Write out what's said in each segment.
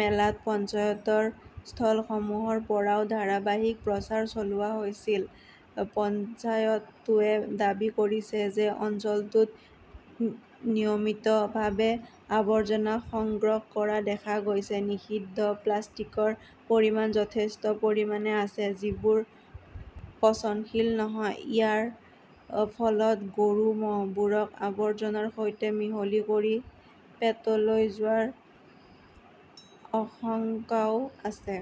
মেলাত পঞ্চায়তৰ ষ্টলসমূহৰ পৰাও ধাৰাবাহিক প্ৰচাৰ চলোৱা হৈছিল। পঞ্চায়তটোৱে দাবী কৰিছে যে অঞ্চলটোত নিয়মিতভাৱে আৱৰ্জনা সংগ্ৰহ কৰা দেখা গৈছ, নিষিদ্ধ প্লাষ্টিকৰ পৰিমাণ যথেষ্ট পৰিমাণে আছে। যিবোৰ পচনশীল নহয়। ইয়াৰ ফলত গৰু-ম'হবোৰক আৱৰ্জনাৰ সৈতে মিহলি কৰি পেটলৈ যোৱাৰ আশংকাও আছে।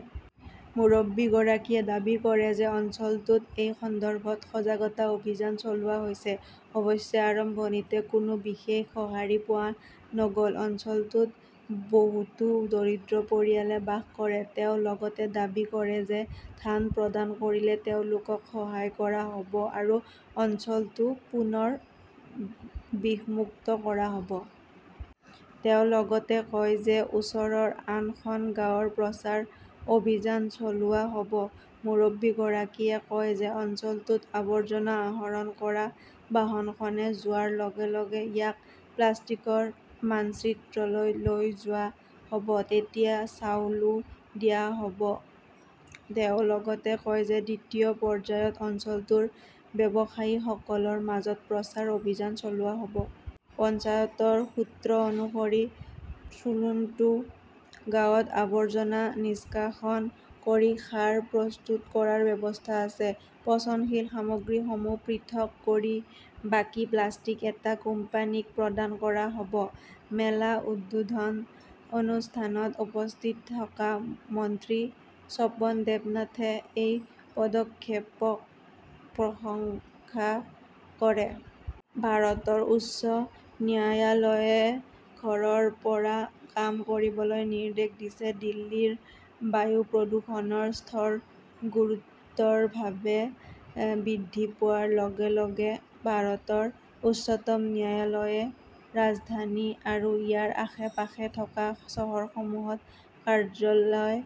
মুৰব্বীগৰাকীয়ে দাবী কৰে যে অঞ্চলটোত এই সন্দৰ্ভত সজাগতা অভিযান চলোৱা হৈছে। অৱশ্যে আৰম্ভণিতে কোনো বিশেষ সঁহাৰি পোৱা নগ'ল। অঞ্চলটোত বহুতো দৰিদ্ৰ পৰিয়ালে বাস কৰে। তেওঁ লগতে দাবী কৰে যে ধান প্ৰদান কৰিলে তেওঁলোকক সহায় কৰা হ'ব আৰু অঞ্চলটো পুনৰ বিষমুক্ত কৰা হ'ব। তেওঁ লগতে কয় যে ওচৰৰ আন খন গাঁৱত প্ৰচাৰ অভিযান চলোৱা হ'ব। মুৰব্বীগৰাকীয়ে কয় যে অঞ্চলটোত আৱৰ্জনা আহৰণ কৰা বাহনখনে যোৱাৰ লগে-লগে ইয়াক প্লাষ্টিকৰ মানচিত্ৰলৈ লৈ যোৱা হ'ব। তেতিয়া চাউলও দিয়া হ'ব। তেওঁ লগতে কয় যে দ্বিতীয় পৰ্যায়ত অঞ্চলটোৰ ব্যৱসায়ীসকলৰ মাজত প্ৰচাৰ অভিযান চলোৱা হ'ব। পঞ্চায়তৰ সূত্ৰ অনুসৰি চুলুণ্টু গাঁৱত আৱৰ্জনা নিষ্কাশন কৰি সাৰ প্ৰস্তুত কৰাৰ ব্যৱস্থা আছে। পচনশীল সামগ্ৰীসমূহ পৃথক কৰি বাকী প্লাষ্টিক এটা কোম্পানীক প্ৰদান কৰা হ'ব। মেলা উদ্বোধন অনুষ্ঠানত উপস্থিত থকা মন্ত্ৰী স্বপন দেৱনাথে এই পদক্ষেপক প্ৰশংসা কৰে। ভাৰতৰ উচ্চ ন্যায়ালয়ে ঘৰৰ পৰা কাম কৰিবলৈ নিৰ্দেশ দিছে দিল্লীৰ বায়ু প্ৰদূষণৰ স্তৰ গুৰুতৰভাৱে বৃদ্ধি পোৱাৰ লগে -লগে ভাৰতৰ উচ্চতম ন্যায়ালয়ে ৰাজধানী আৰু ইয়াৰ আশে-পাশে থকা চহৰসমূহত কাৰ্যালয়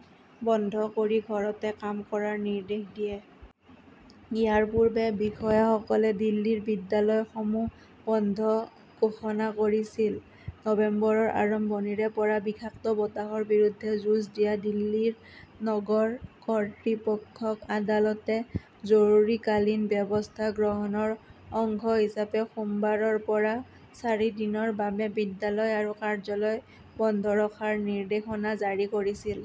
বন্ধ কৰি ঘৰতে কাম কৰাৰ নিৰ্দেশ দিয়ে। ইয়াৰ পূৰ্বে বিষয়াসকলে দিল্লীৰ বিদ্যালয়সমূহ বন্ধ ঘোষণা কৰিছিল। নৱেম্বৰৰ আৰম্ভণিৰে পৰা বিষাক্ত বতাহৰ বিৰুদ্ধে যুঁজ দিয়া দিল্লীৰ নগৰ কৰ্তৃপক্ষক আদালতে জৰুৰীকালীন ব্যৱস্থা গ্ৰহণৰ অংশ হিচাপে সোমবাৰৰ পৰা চাৰিদিনৰ বাবে বিদ্যালয় আৰু কাৰ্যালয় বন্ধ ৰখাৰ নিৰ্দেশনা জাৰি কৰিছিল।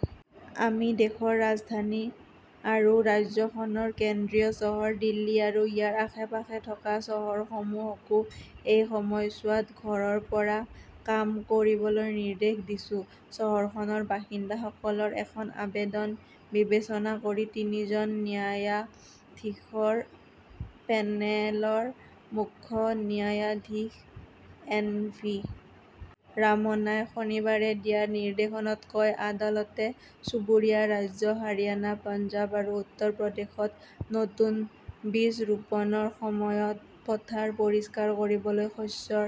আমি দেশৰ ৰাজধানী আৰু ৰাজ্যখনৰ কেন্দ্ৰীয় চহৰ দিল্লী আৰু ইয়াৰ আশে-পাশে থকা চহৰসমূহকো এই সময়ছোৱাত ঘৰৰ পৰা কাম কৰিবলৈ নিৰ্দেশ দিছো। চহৰখনৰ বাসিন্দাসকলৰ এখন আবেদন বিবেচনা কৰি তিনিজন ন্যায়াধীশৰ পেনেলৰ মুখ্য ন্যায়াধীশ এন .ভি .ৰামনাই শনিবাৰে দিয়া নিৰ্দেশত কয়, আদালতে চুবুৰীয়া ৰাজ্য হাৰিয়ানা, পঞ্জাৱ আৰু উত্তৰ প্ৰদেশত নতুন বীজ ৰুপনৰ সময়ত পথাৰ পৰিষ্কাৰ কৰিবলৈ শস্যৰ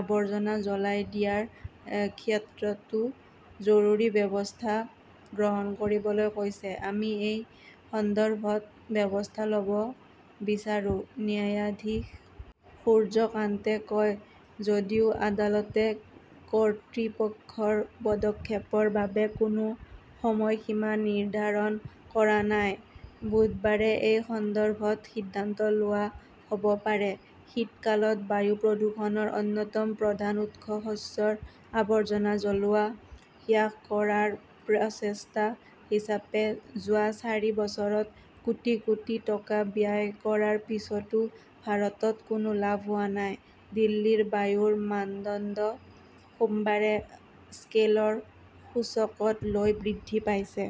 আৱৰ্জনা জ্বলাই দিয়াৰ ক্ষেত্ৰতো জৰুৰী ব্যৱস্থা গ্ৰহণ কৰিবলৈ কৈছে। আমি এই সন্দৰ্ভত ব্যৱস্থা ল'ব বিচাৰো ।ন্যায়াধীশ সূৰ্য কান্তে কয় যদিও আদালতে কৰ্তৃপক্ষৰ পদক্ষেপৰ বাবে কোনো সময়সীমা নিৰ্ধাৰণ কৰা নাই, বুধবাৰে এই সন্দৰ্ভত সিদ্ধান্ত লোৱা হ'ব পাৰে। শীতকালত বায়ু প্ৰদূষণৰ অন্যতম প্ৰধান উৎস শস্যৰ আৱৰ্জনা জ্বলোৱা হ্ৰাস কৰাৰ প্ৰচেষ্টা হিচাপে যোৱা চাৰি বছৰত কোটি- কোটি টকা ব্যয় কৰাৰ পিছতো ভাৰতত কোনো লাভ হোৱা নাই। দিল্লীৰ বায়ুৰ মানদণ্ড সোমবাৰে স্কেলৰ সূচকত লৈ বৃদ্ধি পাইছে।